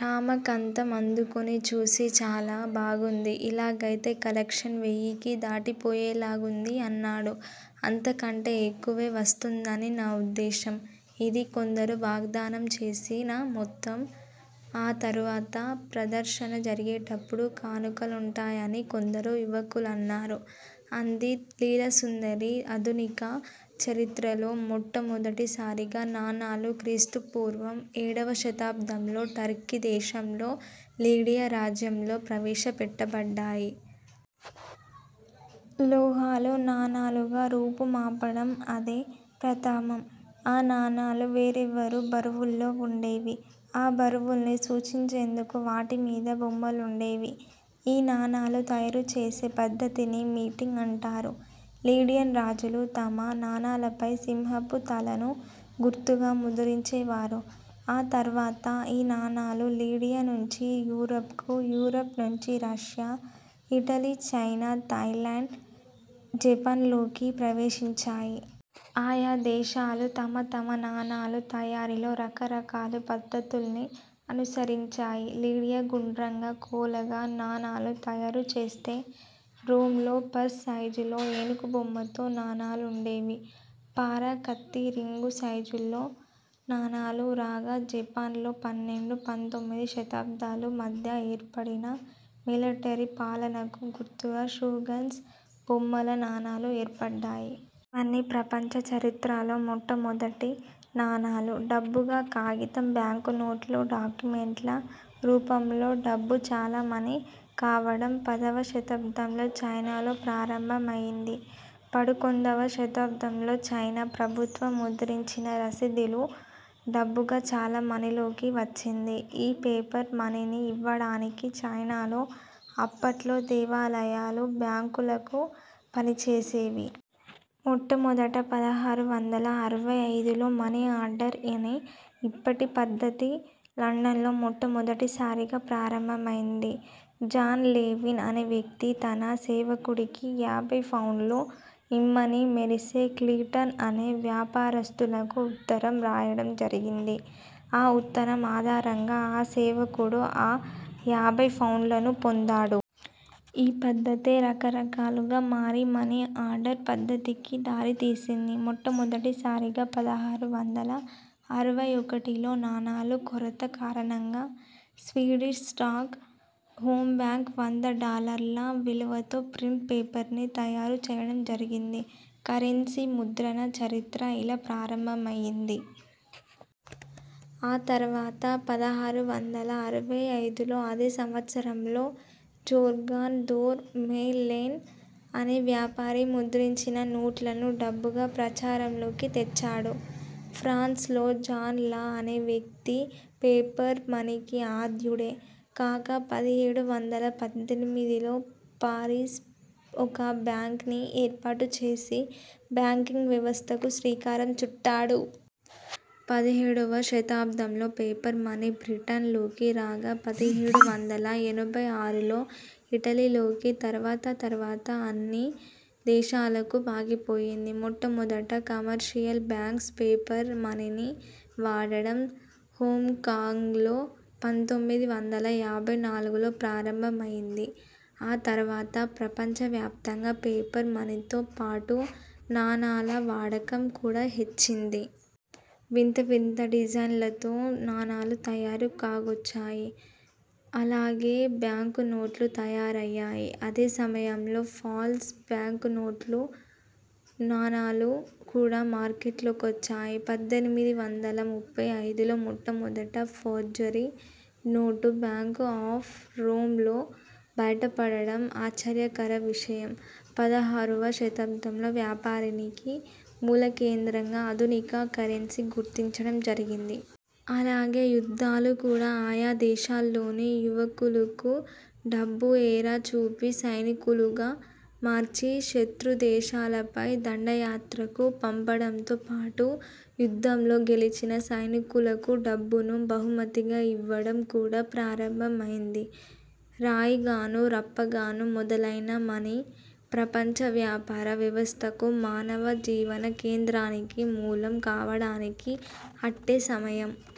రామాకంతంఅందుకునిచూసి చాలా బాగుంది. ఇలాగయితే కలెక్షన్ వెయ్యికి దాటిపోయేలాగుంది అన్నాడు. అంతకంటే ఎక్కువే వస్తుందని నా ఉద్దేశ్యం. ఇది కొందరు వాగ్ధానం చేసిన మొత్తం. ఆ తరవాత ప్రదర్శన జరిగేటప్పుడు కానుకలుంటాయని కొందరు యువకులున్నారు అంది లీలాసుందరి. ఆధునిక చరిత్రలో మొట్టమొదటిసారిగా నాణాలు క్రీస్తుపూర్వం ఏడవ శతాబ్దంలో టర్కీ దేశంలో లిడియా రాజ్యంలో ప్రవేశపెట్టబడ్డాయి. లోహాలు, నాణాలుగా రూపుమాపడం అదే ప్రథమం. ఆ నాణాలు వేర్వేరు బరువుల్లో వుండేవి. ఆ బరువుల్ని సూచించేందుకు వాటిమీద బొమ్మలుండేవి. ఈ నాణాలు తయారుచేసే పద్ధతిని మీటింగ్ అంటారు. లిడియన్ రాజులు తమ నాణాలపై సింహపు తలను గుర్తుగా ముద్రించేవారు ఆ తర్వాత ఈ నాణాలు లిడియా నుంచి యూరప్ కు, యూరప్ నుంచి Russia, Italy, China, Thailand, Japan ల్లోకి ప్రవేశించాయి. ఆయా దేశాలు, తమ తమ నాణాల తయారీలో రకరకాల పద్ధతుల్ని అనుసరించాయి. లిడియా గుండ్రంగా, కోలగా నాణాలు తయారుచేస్తే, రోమ్ లో పర్స్ సైజులో ఏనుగుబొమ్మతో నాణాలుండేవి. పార, కత్తి, రింగు సైజులలో నాణాలు రాగా, జపాన్ లో పన్నెండు -పంతోమిది శతాబ్దాల మధ్య ఏర్పడిన మిలటరీ పాలనకు గుర్తుగా షోగన్స్ బొమ్మల నాణాలు, ఏర్పడ్డాయి. ఇవన్నీ ప్రపంచ చరిత్రలో మొట్టమొదటి నాణాలు. డబ్బుగా కాగితం బ్యాంకునోట్లు, డాక్యుమెంట్ల రూపంలో డబ్బు చలామణీ కావడం. పదవ శతాబ్దంలో చైనాలో ప్రారంభమైంది. పడుకొండవ శతాబ్దంలో చైనా ప్రభుత్వం ముద్రించిన రసీదులు డబ్బుగా చలామణీలోకి వచ్చింది. ఈ పేపర్ మనీని యివ్వడానికి చైనాలో అప్పట్లో దేవాలయాలు బ్యాంకులుగా పనిచేసేవి. మొట్టమొదట పదహారు వందల అరవై ఐదులో మని ఆర్డర్ అనే ఇప్పటి పద్ధతి లండన్ లో మొట్టమొదటిసారిగా ప్రారంభమైంది. జాన్ లెవీన్ అనే వ్యక్తి, తన సేవకుడికి యాభై పౌండ్లు ఇమ్మని మోరిసే క్లీటన్ అనే వ్యాపారస్తులకు ఉత్తరం రాయడం జరిగింది. ఆ ఉత్తరం ఆధారంగా ఆ సేవకుడు ఆ యాభై పౌండ్లనూ పొందాడు. ఈ పద్ధతే రకరకాలుగా మారి మని ఆర్డర్ పద్ధతికి దారి తీసింది. మొట్టమొదటిసారిగా పదహారు వందల అరవై ఒకటిలో నాణాల కొరత కారణంగా స్వీడిష్ స్టాక్ హోం బ్యాంక్ వంద డాలర్ల విలువతో ప్రింట్ పేపర్ ని తయారు చెయ్యడం జరిగింది. కరెన్సీ ముద్రణ చరిత్ర ఇలా ప్రారంభమైంది. ఆ తర్వాత పదహారు వందల అరవై ఐదులో అదే సంవత్సరంలో జోర్గాన్ ధోర్ మోహ్ లెన్ అనే వ్యాపారి ముద్రించిన నోట్లను డబ్బుగా ప్రచారంలోకి తెచ్చాడు. ఫ్రాన్స్ లో జాన్ లా అనే వ్యక్తి పేపర్ మనీకి ఆద్యుడే కాక, పది ఏడు వందల పద్దెనిమిదిలో పారిస్ ఒక బ్యాంక్ ని ఏర్పాటు చేసి, బ్యాంకింగ్ వ్యవస్థకు శ్రీకారం చుట్టాడు. పదిహేడువ శతాబ్దంలో పేపర్ మనీ బ్రిటన్ లోకి రాగా, పదిహేడు వందల ఎనభై ఆరులో ఇటలీలోకి, తర్వాత్తర్వాత అన్ని దేశాలకు పాకిపోయింది. మొట్టమొదట కమర్షియల్ బ్యాంక్స్ పేపర్ మనీని వాడడం హాంకాంగ్ లో పంతొమ్మిది వందల యాభై నాలుగులో ప్రారంభమైంది. ఆ తర్వాత ప్రపంచ వ్యాప్తంగా పేపర్ మనీతో పాటు నాణాల వాడకం కూడా హెచ్చింది. వింత వింత డిజైన్లతో, నాణాలు తయారు కాజొచ్చాయి. అలాగే బ్యాంకు నోట్లు తయారయ్యాయి. అదే సమయంలో ఫాల్స్ బ్యాంకునోట్లు, నాణాలు కూడా మార్కెట్లోకొచ్చాయి. పద్దెనిమిది వందల ముప్పై ఐదులో మొట్టమొదట forgery note bank of Rome లో బయటపడడం ఆశ్చర్యకర విషయం- పదహారువ శతాబ్దంలో వ్యాపారానికి మూలకేంద్రంగా ఆధునిక కరెన్సీని గుర్తించడం జరిగింది. అలాగే యుద్ధాలు కూడా ఆయా దేశాల్లోని యువకులకు, డబ్బు ఎర చూపి, సైనికులుగా మార్చి శత్రుదేశాలపై దండయాత్రకు పంపడంతో పాటు, యుద్ధంలో గెలిచిన సైనికులకు డబ్బును బహుమతిగా ఇవ్వడం కూడా ప్రారంభమైంది. రాయిగానూ, రప్పగానూ మొదలైన మనీ, ప్రపంచ వ్యాపార వ్యవస్థకు, మానవ జీవన కేంద్రానికి మూలం కావడానికి అట్టే సమయం